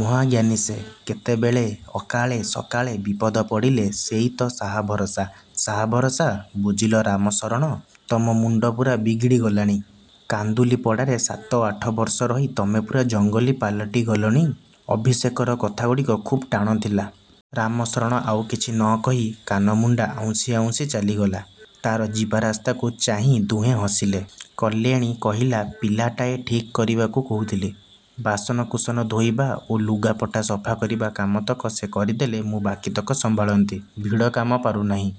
ମହାଜ୍ଞାନୀ ସେ। କେତେବେଳେ ଅକାଳେ ସକାଳେ ବିପଦ ପଡ଼ିଲେ ସେଇ ତ ସାହା ଭରସା। ': ସାହା ଭରସା? ବୁଝିଲ ରାମଶରଣ, ତମ ମୁଣ୍ଡ ପୂରା ବିଗିଡ଼ିଗଲାଣି। କାନ୍ଦୁଲିପଡ଼ାରେ ସାତ ଆଠ ବର୍ଷ ରହି ତମେ ପୂରା ଜଙ୍ଗଲୀ ପାଲଟିଗଲଣି! ଅଭିଷେକର କଥାଗୁଡ଼ିକ ଖୁବ୍ ଟାଣ ଥିଲା। ରାମଶରଣ ଆଉ କିଛି ନ କହି। କାନମୁଣ୍ଡା ଆଉଁଶି ଆଉଁଶି ଚାଲିଗଲା। ତାର ଯିବାରାସ୍ତାକୁ ଚାହିଁ ଦୁହେଁ ହସିଲେ। କଲ୍ୟାଣୀ କହିଲା, "ପିଲାଟାଏ ଠିକ୍ କରିବାକୁ କହୁଥିଲି। ବାସନକୁସନ ଧୋଇବା ଓ ଲୁଗାପଟା ସଫା କରିବା କାମତକ ସେ କରିଦେଲେ ମୁଁ ବାକିତକ ସମ୍ଭାଳନ୍ତି। ଭିଡ଼ କାମ ପାରୁନାହିଁ-।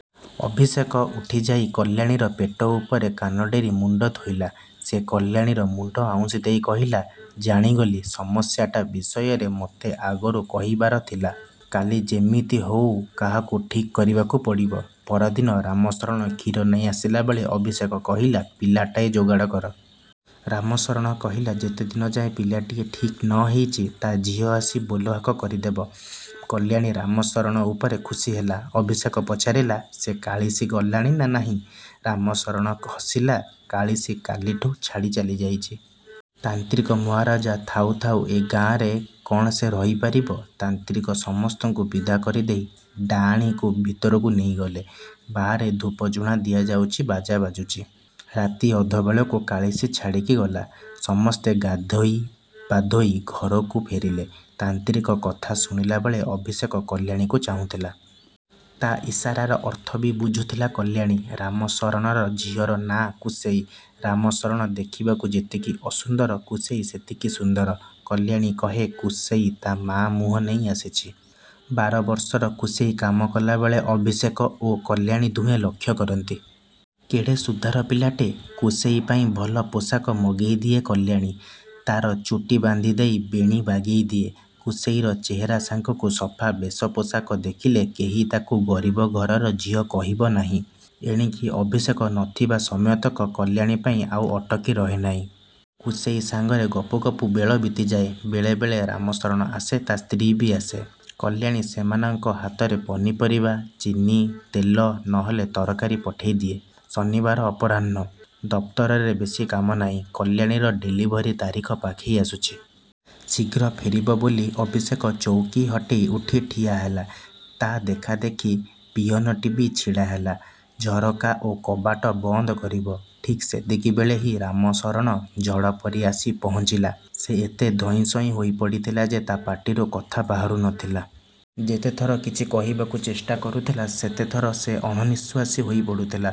" ଅଭିଷେକ ଉଠିଯାଇ କଲ୍ୟାଣୀର ପେଟ ଉପରେ କାନ ଡେରି ମୁଣ୍ଡ ଥୋଇଲା। ସେ କଲ୍ୟାଣୀର ମୁଣ୍ଡ ଆଉଁଶି ଦେଇ କହିଲା, "ଜାଣିଗଲି, ସମସ୍ୟାଟା ବିଷୟରେ ମୋତେ ଆଗରୁ କହିବାର ଥିଲା। କାଲି ଯେମିତି ହେଉ କାହାକୁ ଠିକ୍ କରିବାକୁ ପଡ଼ିବ। " ପରଦିନ ରାମଶରଣ କ୍ଷୀର ନେଇ ଆସିଲାବେଳେ ଅଭିଷେକ କହିଲା, "ପିଲାଟାଏ ଯୋଗାଡ଼ କର। " ରାମଶରଣ କହିଲା, "ଯେତେଦିନ ଯାଏ ପିଲାଟିଏ ଠିକ୍ ନ ହେଇଛି ତା ଝିଅ ଆସି ବୋଲହାକ କରିଦେବ। " କଲ୍ୟାଣୀ ରାମଶରଣ ଉପରେ ଖୁସି ହେଲା। ଅଭିଷେକ ପଚାରିଲା, "ସେ କାଳିଶୀ ଗଲାଣି ନା ନାହିଁ? " ରାମଶରଣ ହସିଲା। କାଳିଶୀ କାଲିଠୁ ଛାଡ଼ି ଚାଲିଯାଇଛି। ତାନ୍ତ୍ରିକ ମହାରାଜ ଥାଉ ଥାଉ ଏ ଗାଆଁରେ କଣ ସେ ରହି ପାରିବ? ତାନ୍ତ୍ରିକ ସମସ୍ତଙ୍କୁ ବିଦା କରିଦେଇ ଡାଆଣୀକୁ ଭିତରକୁ ନେଇଗଲେ। ବାହାରେ ଧୂପଝୁଣା ଦିଆଯାଉଛି, ବାଜା ବାଜୁଛି। ରାତି ଅଧବେଳକୁ କାଳିଶୀ ଛାଡ଼ିକି ଗଲା। ସମସ୍ତେ ଗାଧୋଇ ପାଧୋଇ ଘରକୁ ଫେରିଲେ। ତାନ୍ତ୍ରିକ କଥା ଶୁଣିଲାବେଳେ ଅଭିଷେକ କଲ୍ୟାଣୀକୁ ଚାହୁଁଥିଲା। ତା ଇସାରାର ଅର୍ଥ ବି ବୁଝୁଥିଲା କଲ୍ୟାଣୀ। ରାମଶରଣର ଝିଅର ନାଆଁ କୁସେଇ। ରାମଶରଣ ଦେଖିବାକୁ ଯେତିକି ଅସୁନ୍ଦର କୁସେଇ ସେତିକି ସୁନ୍ଦର। କଲ୍ୟାଣୀ କହେ, କୁସେଇ ତା ମା ମୁହଁ ନେଇ ଆସିଛି। ବାର ବର୍ଷର କୁସେଇ କାମ କଲାବେଳେ ଅଭିଷେକ ଓ କଲ୍ୟାଣୀ ଦୁହେଁ ଲକ୍ଷ୍ୟ କରନ୍ତି-। କେଡ଼େ ସୁଧାର ପିଲାଟେ! କୁସେଇ ପାଇଁ ଭଲ ପୋଷାକ ମଗେଇ ଦିଏ କଲ୍ୟାଣୀ। ତାର ଚୁଟି ବାନ୍ଧି ଦେଇ ବେଣୀ ବାଗେଇ ଦିଏ। କୁସେଇର ଚେହେରା ସାଙ୍ଗକୁ ସଫା ବେଶପୋଷାକ ଦେଖିଲେ କେହି ତାକୁ ଗରିବ ଘରର ଝିଅ କହିବ ନାହିଁ। ଏଣିକି ଅଭିଷେକ ନ ଥିବା ସମୟତକ କଲ୍ୟାଣୀ ପାଇଁ ଆଉ ଅଟକି ରହେ ନାହିଁ। କୁସେଇ ସାଙ୍ଗରେ ଗପୁ ଗପୁ ବେଳ ବିତିଯାଏ। ବେଳେବେଳେ ରାମଶରଣ ଆସେ, ତା ସ୍ତ୍ରୀ ବି ଆସେ। କଲ୍ୟାଣୀ ସେମାନଙ୍କ ହାତରେ ପନିପରିବା, ଚିନି, ତେଲ ନହେଲେ ତରକାରି ପଠେଇ ଦିଏ। ଶନିବାର ଅପରାହ୍ଣ। ଦପ୍ତରରେ ବେଶୀ କାମ ନାହିଁ। କଲ୍ୟାଣୀର ଡେଲିଭରି ତାରିଖ ପାଖେଇ ଆସୁଛି। ଶୀଘ୍ର ଫେରିବ ବୋଲି ଅଭିଷେକ ଚଉକୀ ହଟେଇ ଉଠି ଠିଆହେଲା। ତା ଦେଖାଦେଖି ପିଅନଟି ବି ଛିଡ଼ାହେଲା, ଝରକା ଓ କବାଟ ବନ୍ଦ କରିବ। ଠିକ୍ ସେତିକିବେଳେ ହିଁ ରାମଶରଣ ଝଡ଼ ପରି ଆସି ପହଞ୍ଚିଲା। ସେ ଏତେ ଧଇଁସଇଁ ହୋଇ ପଡ଼ିଥିଲା ଯେ ତା ପାଟିରୁ କଥା ବାହାରୁ ନଥିଲା। ଯେତେଥର କିଛି କହିବାକୁ ଚେଷ୍ଟା କରୁଥିଲା, ସେତେଥର ସେ ଅଣନିଃଶ୍ୱାସୀ ହୋଇ ପଡ଼ୁଥିଲା।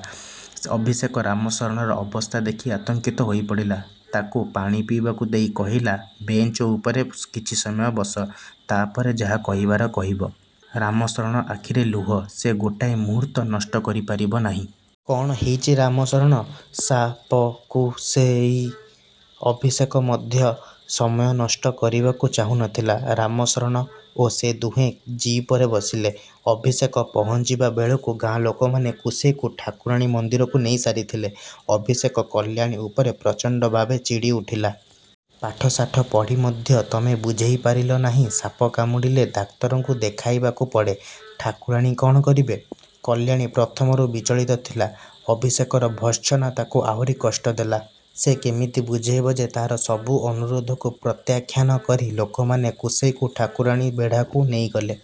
ଅଭିଷେକ ରାମଶରଣର ଅବସ୍ଥା ଦେଖି ଆତଙ୍କିତ ହୋଇପଡ଼ିଲା। ତାକୁ ପାଣି ପିଇବାକୁ ଦେଇ କହିଲା, 'ବେଞ୍ଚ ଉପରେ କିଛି ସମୟ ବସ। ତାପରେ ଯାହା କହିବାର କହିବ। ' ରାମଶରଣ ଆଖିରେ ଲୁହ, ସେ ଗୋଟାଏ ମୁହୂର୍ତ୍ତ ନଷ୍ଟ କରିପାରିବ ନାହିଁ।: କଣ ହେଇଛି ରାମଶରଣ?: ସା-ପ, କୁ-ସେ-ଇ। ଅଭିଷେକ ମଧ୍ୟ ସମୟ ନଷ୍ଟ କରିବାକୁ ଚାହୁଁନଥିଲା। ରାମଶରଣ ଓ ସେ ଦୁହେଁ ଜିପରେ ବସିଲେ। ଅଭିଷେକ ପହଞ୍ଚିବା ବେଳକୁ ଗାଁ ଲୋକମାନେ କୁସେଇକୁ ଠାକୁରାଣୀ ମନ୍ଦିରକୁ ନେଇ ସାରିଥିଲେ। ଅଭିଷେକ କଲ୍ୟାଣୀ ଉପରେ ପ୍ରଚଣ୍ଡ ଭାବେ ଚିଡ଼ି ଉଠିଲା। 'ପାଠଶାଠ ପଢ଼ି ମଧ୍ୟ ତମେ ବୁଝେଇ ପାରିଲ ନାହିଁ, ସାପ କାମୁଡ଼ିଲେ ଡାକ୍ତରଙ୍କୁ ଦେଖାଇବାକୁ ପଡ଼େ। ଠାକୁରାଣୀ କଣ କରିବେ? ' କଲ୍ୟାଣୀ ପ୍ରଥମରୁ ବିଚଳିତ ଥିଲା। ଅଭିଷେକର ଭର୍ତ୍ସନା ତାକୁ ଆହୁରି କଷ୍ଟ ଦେଲା। ସେ କେମିତି ବୁଝେଇବ ଯେ ତା'ର ସବୁ ଅନୁରୋଧକୁ ପ୍ରତ୍ୟାଖ୍ୟାନ କରି ଲୋକମାନେ କୁସେଇକୁ ଠାକୁରାଣୀ ବେଢ଼ାକୁ ନେଇ ଗଲେ।